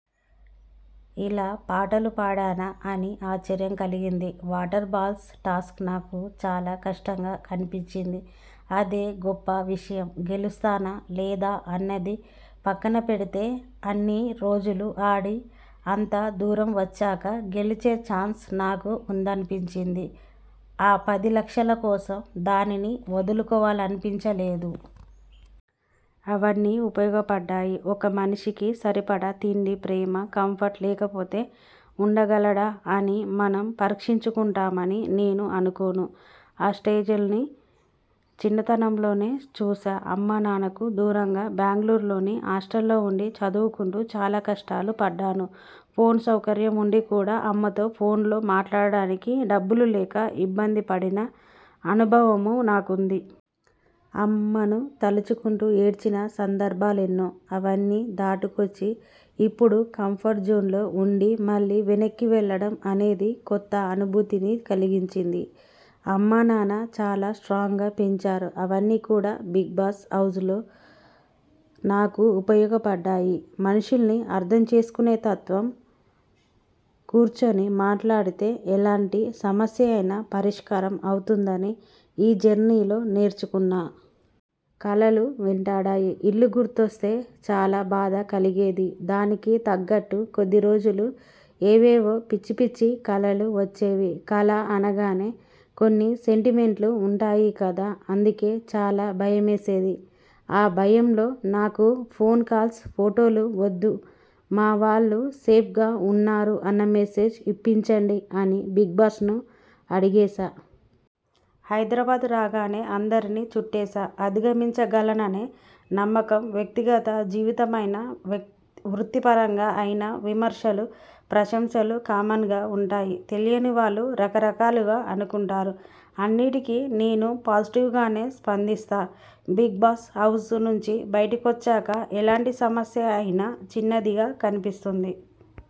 ఇలా పాటలు పాడానా! అని ఆశ్చర్యం కలిగింది. వాటర్ బాల్స్ టాస్క్ నాకు చాలా కష్టంగా అనిపించింది. అదే గొప్ప విషయం గెలుస్తానా, లేదా అన్నది పక్కన పెడితే అన్ని రోజులు ఆడి, అంత దూరం వచ్చాక గెలిచే ఛాన్స్ నాకు ఉందనిపించింది. ఆ పది లక్షల కోసం దానిని వదులుకోవాలనిపించలేదు. అవన్నీ ఉపయోగపడ్డాయి ఒక మనిషికి సరిపడా తిండి, ప్రేమ, కంఫర్ట్ లేకపోతే ఉండగలడా అని మనం పరీక్షించుకుంటామని నేను అనుకోను. ఈ స్టేజ్లన్నీ చిన్నతనంలోనే చూశా. అమ్మానాన్నకు దూరంగా బెంగుళూరులోని హాస్టల్లో ఉండి చదువుకుంటూ చాలా కష్టాలు పడ్డాను. ఫోన్ సౌకర్యం ఉండి కూడా అమ్మతో ఫోన్లో మాట్లాడటానికి డబ్బులు లేక ఇబ్బంది పడిన అనుభవమూ నాకుంది. అమ్మను తలచుకుంటూ ఏడ్చిన సందర్భాలెన్నో! అవన్నీ దాటుకొచ్చి ఇప్పుడు కంఫర్ట్ జోన్లో ఉండి మళ్లీ వెనక్కి వెళ్లడం అనేది కొత్త అనుభూతిని కలిగించింది. అమ్మానాన్న చాలా స్ట్రాంగ్గా పెంచారు. అవన్నీ కూడా 'బిగ్బాస్' హౌస్లో నాకు ఉపయోగపడ్డాయి. మనుషుల్ని అర్ధం చేసుకునే తత్వం కూర్చుని మాట్లాడితే ఎలాంటి సమస్య అయినా పరిష్కారం అవుతుందని ఈ జర్నీలో నేర్చుకున్నా. కలలు వెంటాడాయి ఇల్లు గుర్తొస్తే చాలా బాధ కలిగేది. దానికి తగ్గట్టు కొద్ది రోజులు ఏవేవో పిచ్చిపిచ్చి కలలు వచ్చేవి. కల అనగానే కొన్ని సెంటిమెంట్లు ఉంటాయి కదా అందుకే చాలా భయమేసేది. ఆ భయంలో 'నాకు ఫోన్ కాల్స్, ఫొటోలు వద్దు మా వాళ్లు సేఫ్గా ఉన్నారు అన్న మెసేజ్ ఇప్పించండి' అని బిగ్బాస్ను అడిగేశా. హైదరాబాద్ రాగానే అందరినీ చుట్టేశా. అధిగమించగలననే నమ్మకం వ్యక్తిగత జీవితమైనా, వృత్తిపరంగా అయినా విమర్శలు, ప్రశంసలు కామన్గా ఉంటాయి. తెలియని వాళ్లు రకరకాలుగా అనుకుంటారు. అన్నింటికీ నేను పాజిటివ్గానే స్పందిస్తా. 'బిగ్బాస్' హౌస్ నుంచి బయటికొచ్చాక ఎలాంటి సమస్య అయినా చిన్నదిగా కనిపిస్తుంది.